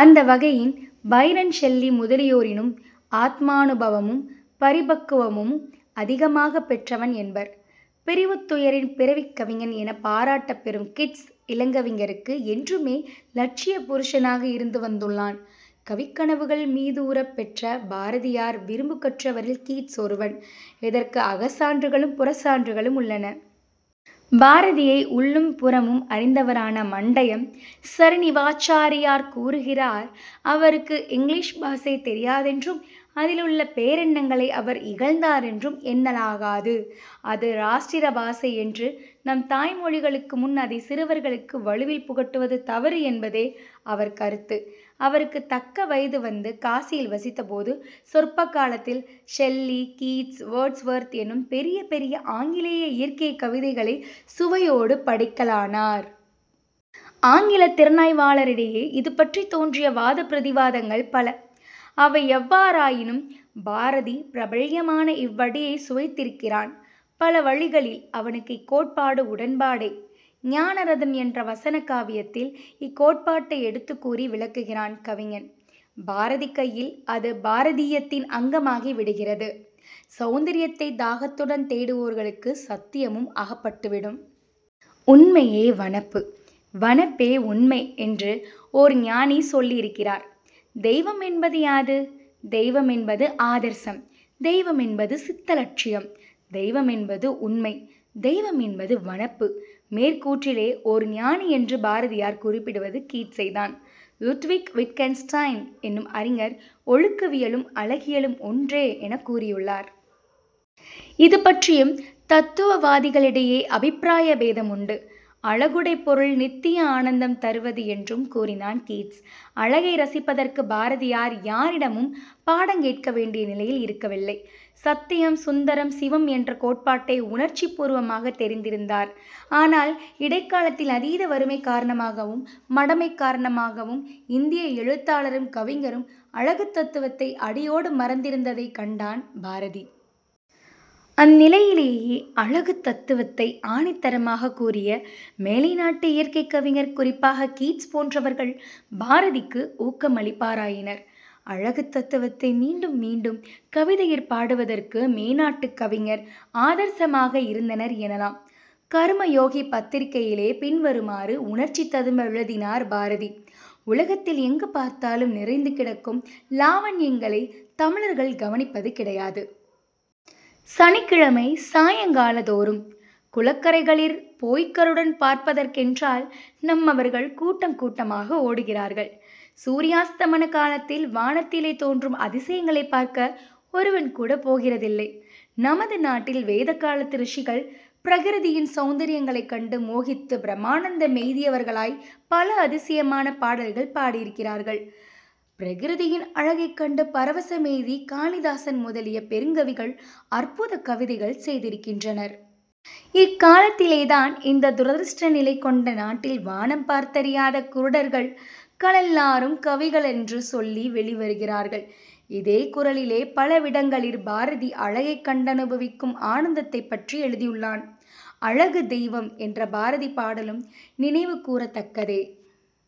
அந்த வகையின் Byrne Shelley முதலியோரினும் ஆத்மானுபவமும் பரிபக்குவமும் அதிகமாகப் பெற்றவன் என்பர். 'பிரிவுத்துயரின் பிறவிக் கவிஞன்' எனப் பாராட்டப்பெறும் கிட்ஸ், இளங்கவிஞருக்கு என்றுமே இலட்சிய புருஷனாக இருந்து வந்துள்ளான். கவிக் கனவுகள் மீதூரப் பெற்ற பாரதியார் விரும்பிக் கற்றவரில் கீட்ஸ் ஒருவன். இதற்கு அகச்சான்றுகளும் புறச்சான்றுகளும் உள்ளன. பாரதியை உள்ளும் புறமும் அறிந்தவரான மண்டயம் ஸரீநிவாச்சாரியார் கூறகிறார்: அவருக்கு இங்கிலீஷ் பாஷை தெரியாதென்றும் அதிலுள்ள பேரெண்ணங்களை அவர் இகழ்ந்தாரென்றும் எண்ணலாகாது. அது ராஷ்டிர பாஷை என்று நம் தாய் மொழிகளுக்கும் முன் அதைச் சிறுவர்களுக்கு வலுவில் புகட்டுவது தவறு என்பதே அவர் கருத்து. அவருக்குத் தக்க வயது வந்து காசியில் வசித்தபோது சொற்ப காலத்தில் ஷெல்லி, கீட்ஸ், வேர்ட்ஸ் வொர்த் என்னும் பெரிய பெரிய ஆங்கிலேய இயற்கைக் கவிதைகளைச் சுவையோடு படிக்கலானார். ஆங்கிலத் திறனாய்வாளரிடையே இதுபற்றித் தோன்றிய வாதப் பிரதிவாதங்கள் பல. அவையெவ்வாறாயினும் பாரதி, பிரபல்யமான இவ்வடியைச் சுவைத்திருக்கிறான். பல வழிகளில் அவனுக்கு இக்கோட்பாடு உடன்பாடே. ஞானரதம் என்ற வசன காவியத்தில் இக்கோட்பாட்டை எடுத்துக்கூறி விளக்குகிறான் கவிஞன்; பாரதி கையில் அது பாரதீயத்தின் அங்கமாகிவிடுகிறது. "ஸௌந்தரியத்தைத் தாகத்துடன் தேடுவோர்களுக்கு ஸத்தியமும் அகப்பட்டுவிடும். 'உண்மையே வனப்பு, வனப்பே உண்மை' என்று ஓர் ஞானி சொல்லியிருக்கிறார்... தெய்வமென்பது யாது? தெய்வமென்பது ஆதர்சம்; தெய்வமென்பது சித்த லட்சியம். தெய்வமென்பது உண்மை. தெய்வமென்பது வனப்பு. மேற்கூற்றிலே 'ஓர் ஞானி' என்று பாரதியார் குறிப்பிடுவது கீட்ஸைத்தான். லுட்விக் விட்கென்ஸ் டைன் என்னும் அறிஞர் "ஒழுக்கவியலும் அழகியலும் ஒன்றே" எனக் கூறியுள்ளார். இதுபற்றியும் தத்துவவாதிகளிடையே அபிப்பிராய பேதமுண்டு. "அழகுடைப் பொருள் நித்திய ஆனந்தம் தருவது" என்றும் கூறினான் கீட்ஸ். அழகை ரசிப்பதற்குப் பாரதியார் யாரிடமும் பாடங்கேட்க வேண்டிய நிலையில் இருக்க வில்லை. சத்தியம், சுந்தரம், சிவம் என்ற கோட்பாட்டை உணர்ச்சிப் பூர்வமாகத் தெரிந்திருந்தார். ஆனால் இடைக்காலத்தில் அதீத வறுமை காரணமாகவும், மடமை காரணமாகவும் இந்திய எழுத்தாளரும் கவிஞரும் அழகுத் தத்துவத்தை அடியோடு மறந்திருந்ததைக் கண்டான் பாரதி. அந்நிலையிலேயே, அழகுத் தத்துவத்தை ஆணித்தரமாகக் கூறிய மேலை நாட்டு இயற்கைக் கவிஞர்-குறிப்பாகக் கீட்ஸ் போன்றவர்கள்- பாரதிக்கு ஊக்கம் அளிப்பாராயினர். அழகுத் தத்துவத்தை மீண்டும் மீண்டும் கவிதையிற் பாடுவதற்கு மேனாட்டுக் கவிஞர் ஆதர்சமாக இருந்தனர் எனலாம். "கர்மயோகி" பத்திரிகையிலே பின்வருமாறு உணர்ச்சி ததும்ப எழுதினார் பாரதி: "உலகத்தில் எங்கு பார்த்தாலும் நிறைந்து கிடக்கும் லாவண்யங்களைத் தமிழர்கள் கவனிப்பது கிடையாது. சனிக்கிழமை சாயங்காலந்தோறும் குளக்கரைகளிற் போய்க்கருடன் பார்ப்பதற்கென்றால் நம்மவர்கள் கூட்டங்கூட்டமாக ஓடுகிறார்கள். சூரியாஸ்தமன காலத்தில் வானத்திலே தோன்றும் அதிசயங்களைப் பார்க்க ஒருவன்கூடப் போகிறதில்லை. நமது நாட்டில் வேதகாலத்து ரிஷிகள் பிரகிருதியின் சௌந்தர்யங்களைக் கண்டு மோகித்துப் பரமானந்த மெய்தியவர்களாய்ப் பல அதிசயமான பாடல்கள் பாடியிருக்கிறார்கள். பிரகிருதியின் அழகைக் கண்டு பரவசமெய்திக் காளிதாசன் முதலிய பெருங்கவிகள் அற்புதக் கவிதைகள் செய்திருக்கின்றனர். இக்காலத்திலேதான் இந்த துரதிருஷ்ட நிலை கொண்ட நாட்டில் வானம் பார்த்தறியாத குருடர் களெல்லாரும் கவிகளென்று சொல்லி வௌிவருகிறார்கள். " இதே குரலிலே பலவிடங்களிற் பாரதி அழகைக் கண்டனுபவிக்கும் ஆனந்தத்தைப்பற்றி எழுதியுள்ளான். "அழகுத் தெய்வம்" என்ற பாரதி பாடலும் நினைவு கூரத்தக்கதே.